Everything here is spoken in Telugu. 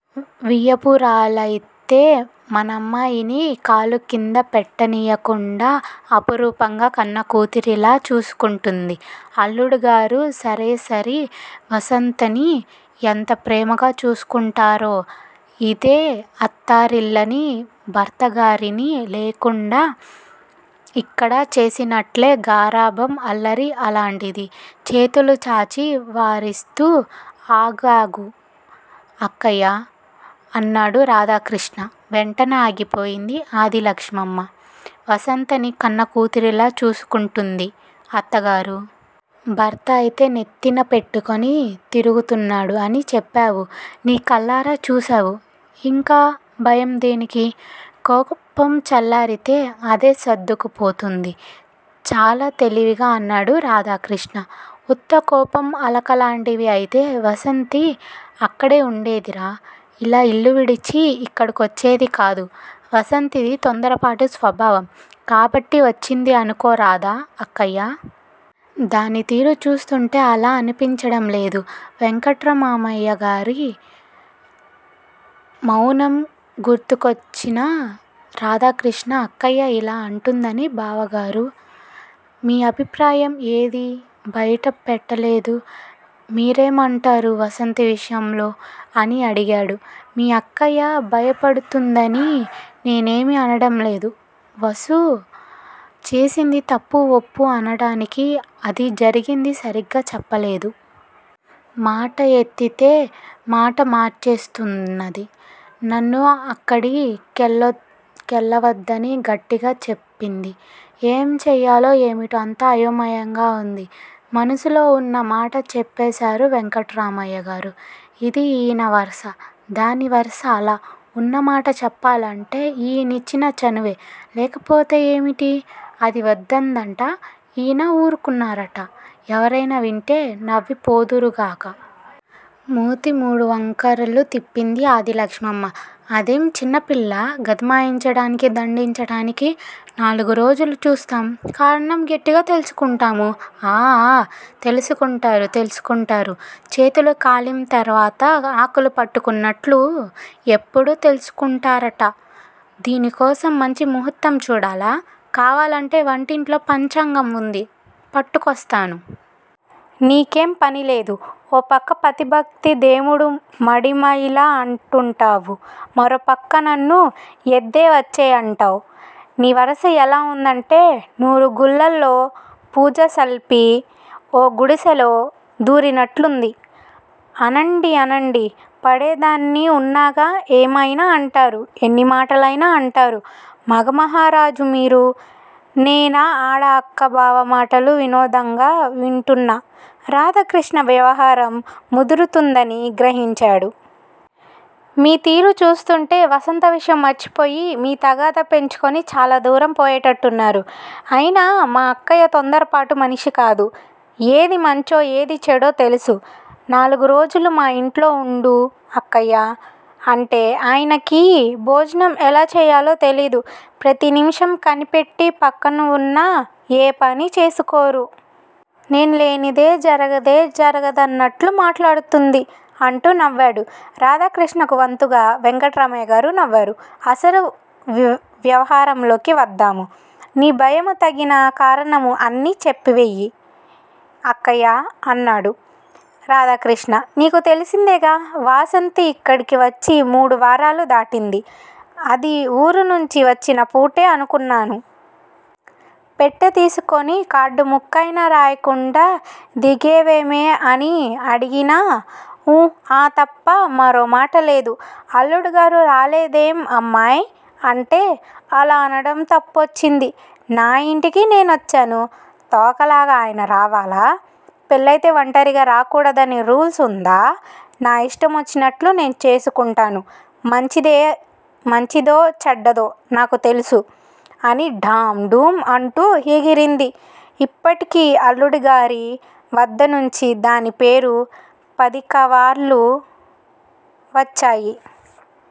వియ్యపురాలయితే మనమ్మాయిని కాలుకింద పెట్టనియ్యకుండా అపురూపంగ కన్నకూతురులా చూసుకుంటున్నది. అల్లుడుగారు సరేసరి వాసంతిని ఎంతప్రేమగా చూసుకుంటారో. ఇదే అత్తారిల్లని భర్తగారని లేకుండ ఇక్కడ చేసినట్లే గారాబం అల్లరి అలాంటిది. చేతులు చాచి వారిస్తూ ఆగాగు అక్కయ్యా! అన్నాడు రాధాకృష్ణ. వెంటనే ఆగిపోయింది ఆదిలక్షమ్మమ్మ. వాసంతిని కన్నకూతురులా చూసుకుంటున్నది అత్తగారు. భర్త అయితే నెత్తిన పట్టుకు తిరుగుతున్నాడు అని చెప్పావు నీ కళ్ళారా చూశావు. ఇంక భయం దేనికి? కోపం చల్లారితే అదే సర్దుకుపోతుంది. చాలా తేలిగ్గా అన్నాడు రాధాకృష్ణ. ఉత్తకోపం అలకలాంటివి అయితే వాసంతి అక్కడే వుండేదిరా. ఇలా యిల్లువిడిచి యిక్కడికొచ్చేది కాదు. వాసంతిది తొందరపాటు స్వభావం కాబట్టి వచ్చింది అనుకోరాదా అక్కయ్యా! దానితీరు చూస్తుంటే అలా అనిపించటంలేదు, వెంకట్రామయ్యగారి మవునం గుర్తుకాచిన రాధాకృష్ణ అక్కయ్య యిలా అంటున్నది బావగారూ! మీ అభిప్రాయం ఏది బైట పెట్టలేదు. మీరేమంటారు వాసంతి విషయంలో? అని అడిగాడు. మీ అక్కయ్య భయపడుతుందని నేనేమీ అనటం లేదు. వాసు చేసింది తప్పు వప్పు అనటానికి అది జరిగింది సరీగ చెప్పలేదు. మాట ఎత్తితే మాట మార్చేస్తున్నది. నన్ను అక్కడి కెళ్ళవద్దని గట్టిగా చెప్పింది. ఏంచేయాలో ఏమిటో అంతా అయోమయంగా వుంది. మనసులో వున్న మాట చెప్పేశారు వెంకట్రామయ్యగారు. ఇదీ యీయన వరస, దానివరస అలా, ఉన్నమాట చెప్పాలంటే ఈయనిచ్చిన చనువే, లేకపోతే ఏమిటి? అది వద్దందిట. ఈయన వూరుకున్నారుట ఎవరైనా వింటే నవ్విపోదురుగాక. మూతి మూడువంకరలు తిప్పింది ఆదిలక్ష్మమ్మ. అదేం చిన్నపిల్లా గదమాయించటానికి, దండించటానికి నాలుగురోజులు చూస్తాం కారణం గట్టిగా తెల్సుకుంటాము. ఆ ఆ తెలుసుకుంటారు, తెలుసుకుంటారు. చేతులు కాలిం తరువాత ఆకులు పట్టుకున్నట్లు ఎప్పుడో తెలుసుకుంటారుట, దీనికోసం మంచి ముహూర్తం చూడాలా! కావాలంటే వంటింట్లో పంచాంగం వుంది పట్టుకొస్తాను. నీకేం పనిలేదు. ఓ పక్క పతిభక్తి దేముడు మడిమైల అంటుంటావు. మరోపక్క నన్ను ఎద్దేవచేయటం. నీ వరస ఎలా వుందంటే నూరుగుళ్ళల్లో పూజలుసల్పి ఓ గుడిశలో దూరినట్లుంది. అనండనండి పడేదాన్ని వున్నాగా ఏమయినా అంటారు. ఎన్నిమాటలయినా అంటారు. మగమహారాజు, మీరు, నేనా ఆడ అక్కా బావ మాటలు వినోదంగా వింటున్న రాధాకృష్ణ వ్యవహారం ముదురుతుందని గ్రహించాడు. మీ తీరు చూస్తుంటే వాసంతి విషయం మర్చిపోయి, మీ తగాదా పెంచుకుని చాలాదూరం పోయేట్టున్నారు. అయినా మా అక్కయ్య తొందరపాటు మనిషికాదు. ఏది మంచో ఏది చెడో తెలుసు. నాలుగురోజులు మా యింట్లో వుండు అక్కయ్యా! అంటే ఆయనకి భోజనం ఎలా చేయాలో తెలియదు. ప్రతి నిమిషం కనిపెట్టి పక్కనవున్నా ఏపని చేసుకోరు. నేలేంది జరగనే జరగదన్నట్లు మాట్లాడుతుంది అంటూ నవ్వాడు. రాధాకృష్ణకు వంతగా వెంకట్రామయ్యగారు నవ్వారు. అసలు వ్యవహారంలోకి వద్దాము. నీ భయము తగిన కారణము అన్ని చెప్పెయ్యి అక్కయ్యా! అన్నాడు రాధాకృష్ణ. నీకు తెలిసిందేగా వాసంతి యిక్కడికి వచ్చి మూడువారాలు దాటింది. అది ఊరినించి వచ్చిన పూటే అనుకున్నాను. పెట్టె తీసుకుని కార్డుముక్కయినా రాయకుండ దిగిందేమో అని ఏమడిగినా ఊ ఆ తప్ప మరోమాటలేదు. అల్లుడుగారు రాలేదేం అమ్మాయ్ అంటే అలా అడగటం తప్పొచ్చింది. నాయింటికి నేవచ్చాను. తోకలాగా ఆయన రావాలా? పెళ్ళయితే వంటరిగా రాకూడదని రూల్స్ వుందా? నా యిష్టమొచ్చినట్లు నే చేసుకుంటాను. మంచేదో చెడ్డేదో నాకు తెల్సు, అని ఢాం డూం అంటూ ఎగిరింది, ఇప్పటికి అల్లుడుగారి వద్దనుంచి దానిపేర పదికవర్లు వచ్చాయి.